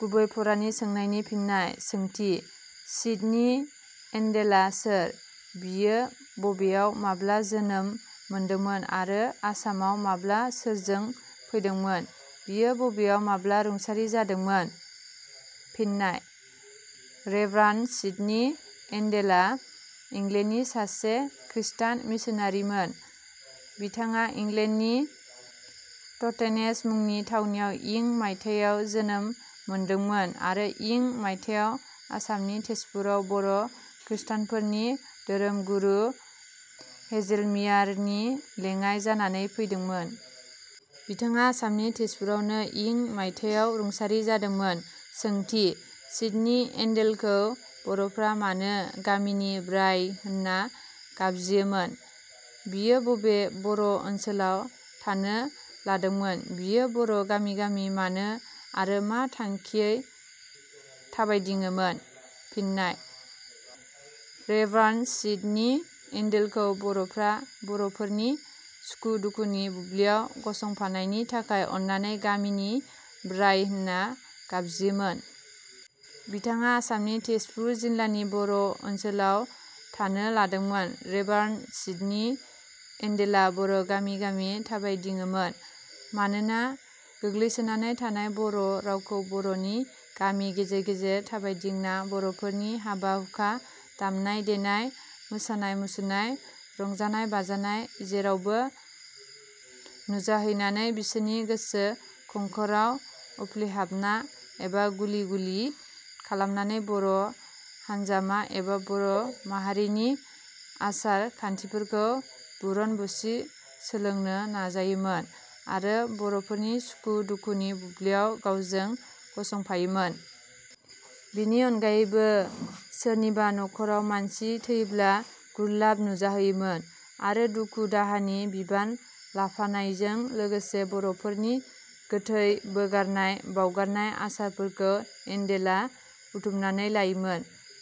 गुबै फारानि सोंनायनि फिननाय. सोंथि: सिदनि एण्डेलआ सोर? बियो बबेयाव माब्ला जोनोम मोनदोंमोन आरो आसामआव माब्ला सोरजों फैदोंमोन? बियो बबेयाव माब्ला रुंसारि जादोंमोन? फिन: रेभारण्ड सिदनि एण्डेलआ इंलेण्डनि सासे ख्रिष्टान मिसनारिमोन। बिथाङा इंलेण्डनि तटेनेज मुंनि थावनियाव इं मायथायाव जोनोम मोनदोंमोन आरो इं मायथायाव आसामनि तेजपुराव बर' ख्रिष्टानफोरननि धोरोम गुरु हेजेलमियार नि लेङाय जानानै फैदोंमोन। बिथाङा आसामनि तेजपुरावनो इं मायथायाव रुंसारि जादोंमोन।. सोंथि: सिदनि एण्डेलखौ बर'फोरा मानो 'गामिनि ब्राइ' होनना गाबज्रियोमोन? बियो बबे बर' ओनसोलाव थानो लादोंमोन? बियो बर' गामि गामि मानो आरो मा थांखियै थाबायदिङोमोन? फिन: रेभारण्ड सिदनि एण्डेलखौ बर'फोरा बर'फोरनि सुखु दुखुनि बुब्लियाव गसंफानायनि थाखाय अननानै 'गामिनि ब्राइ' होनना गाबज्रियोमोन। बिथाङा आसामनि तेजपुर जिलानि बर' ओनसोलाव थानो लादोंमोन। रेभारण्ड सिदनि एण्डेलआ बर' गामि गामि थाबायदिङोमोन। मानोना गोग्लैसोनानै थानाय बर' रावखौ बर'नि गामि गेजेर गेजेर थाबायदिंना बर'फोरनि हाबा-हुखा, दामनाय-देनाय, मोसानाय-मुसुरनाय, रंजानाय-बाजानाय जेरावबो नुजाहैनानै बिसोरनि गोसो खंखराव उप्लेहाबना एबा गुलि गुलि खालामनानै बर' हान्जामा एबा बर' माहारिनि आसार खान्थिफोरखौ बुरन बुसि सोलोंनो नाजायोमोन आरो बर'फोरनि सुखु दुखुनि बुब्लियाव गावजों गसंफायोमोन। बेनि अनगायैबो सोरनिबा नख'राव मानसि थैयोब्ला गुरलबा नुजाहैयोमोन आरो दुखु दाहानि बिबान लाफानायजों लोगोसे बर'फोरनि गोथै बोगारनाय बाउगारनाय आसारफोरखौ एण्डेलआ बुथुमनानै लायोमोन,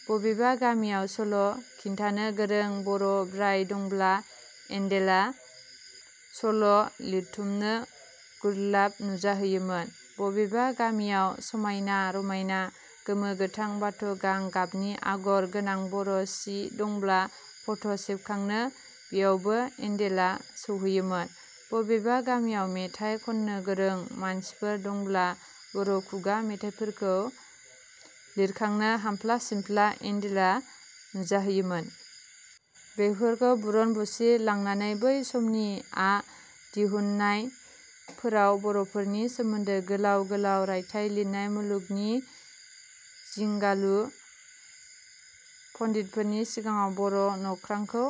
बबेबा गामियाव सल' खिन्थानो गोरों बर' ब्राइ दंब्ला एण्डेलआ सल' लिरथुउमनो गुरलाब नुजाहैयोमोन, बबेबा गामियाव समायना रमायना गोमो-गोथां बाथ' गां गाबनि आगर गोनां बर' सि दंब्ला फट' सेबखांनो बेयावबो एण्डेलआ सहैयोमोन, बबेबा गामियाव मेथाइ खननो गोरों मानसिफोर दंब्ला बर' खुगा मेथाइफोरखौ लिरखांनो हामफ्ला-सिमफ्ला एण्डेलआ नुजाहैयोमोन। बेफोरखौ बुरन बुसि लांनानै बै समनि " "आ दिहुननाय फोराव बर'फोरनि सोमोन्दै गोलाव गोलाव रायथाइ लिरना मुलुगनि जिंगालु पण्डितफोरनि सिगांआव बर' नख्रांखौ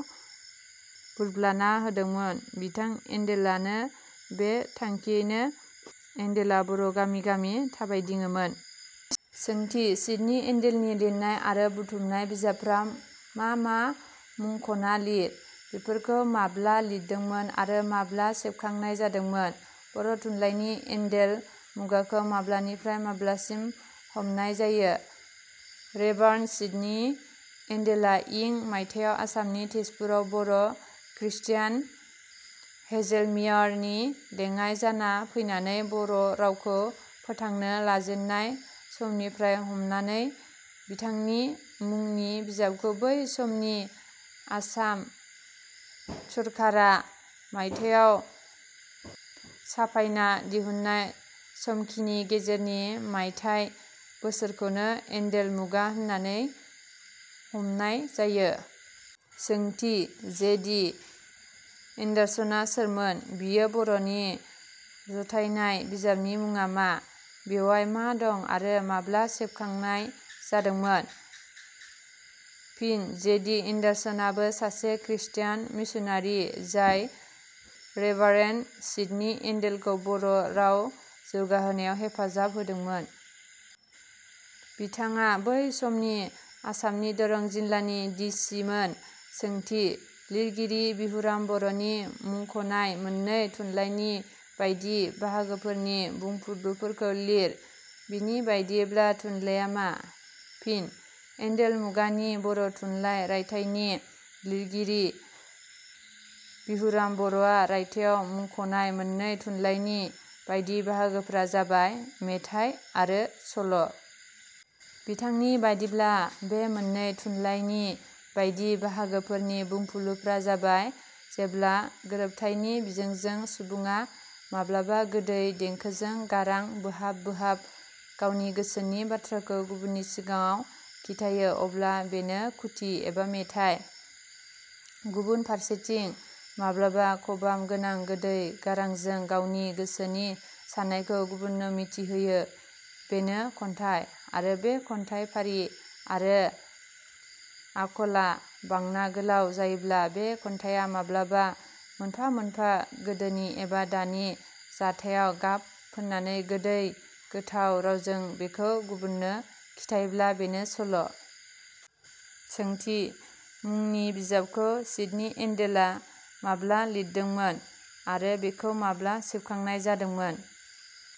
बुरब्लाना होदोंमोन बिथां एण्डेलआनो। बे थांंखियैनो एण्डेलआ बर' गामि गामि थाबायदिङोमोन।. सोंथि: सिदनि एण्डेलनि लिरनाय आरो बुथुमनाय बिजाबफोरा मा मा मुंख'ना लिर। बेफोरखौ माब्ला लिरदोंमोन आरो माब्ला सेबखांनाय जादोंमोन? बर' थुनलायनि एन्देल मुगाखौ माब्लानिफ्राय माब्लासिम हमनाय जायो? रेभारण्ड सिदनि एण्डेलआ इं मायथायाव आसामनि तेजपुराव बर' ख्रिस्तियान हेजेलमियार नि लेङाइ जाना फैनानै बर' रावखौ फोथांनो लाजेननाय समनिफ्राय हमनानै बिथांनि "" मुंनि बिजाबखौ बै समनि आसाम सरखारा मायथायाव साफायना दिहुननाय समखिनि गेजेरनि मायथाइ बोसोरखौनो एण्डेल मुगा होनानै हमनाय जायो।. सोंथि: जे. दि. एण्डार्सनआ सोरमोन? बियो बर'नि जथायनाय बिजाबनि मुङा मा? बेयाव मा दं आरो माब्ला सेबखांनाय जादोंमोन? फिन: जे. दि. एण्डार्सनआबो सासे ख्रिस्तियान मिसनारि जाय रेभारण्ड सिदनि एण्डेलखौ बर' राव जौगाहोनायाव हेफाजाब होदोंमोन। बिथाङा बै समनि आसामनि दरं जिल्लानि डि. सि. मोन।. सोंथि: लिरगिरि बिहुराम बर'नि मुंखनाय मोननै थुनलायनि बायदि बाहागोफोरनि बुंफुरलुफोरखौ लिर। बिनि बादियैब्ला थुनलाया मा? फिन: "एण्डेल मुगानि बर' थुनलाइ" रायथाइनि लिरगिरि बिहुराम बर'आ रायथाइयाव मुंखनाय मोननै थुनलायनि बायदि बाहागोफोरा जाबाय – मेथाइ आरो सल'। बिथांनि बादिब्ला बे मोननै थुनलायनि बायदि बाहागोफोरनि बुंफुरलुफोरा जाबाय- जेब्ला गोरोबथाइनि बिजोंजों सुबुङा माब्लाबा गोदै देंखोजों गारां बोहाब बोहाब गावनि गोसोनि बाथ्राखौ गुबुननि सिगाङाव खिन्थायो अब्ला बेनो खुथि एबा मेथाइ। गुबुन फारसेथिं, माब्लाबा खबाम गोनां गोदै गारांजों गावनि गोसोनि साननायखौ गुबुननो मिथिहोयो बेनो खन्थाइ आरो बे खन्थाइ फारि आरो आखला बांना गोलाव जायोब्ला बे खन्थाइया माब्लाबा मोनफा मोनफा गोदोनि एबा दानि जाथाइयाव गाब फुननानै गोदै गोथाव रावजों बेखौ गुबुननो खिथायोब्ला बेनो सल'।. सोंथि: मुंनि बिजाबखौ सिदनि एण्डेलआ माब्ला लिरदोंमोन आरो बेखौ माब्ला सेबखांनाय जादोंमोन?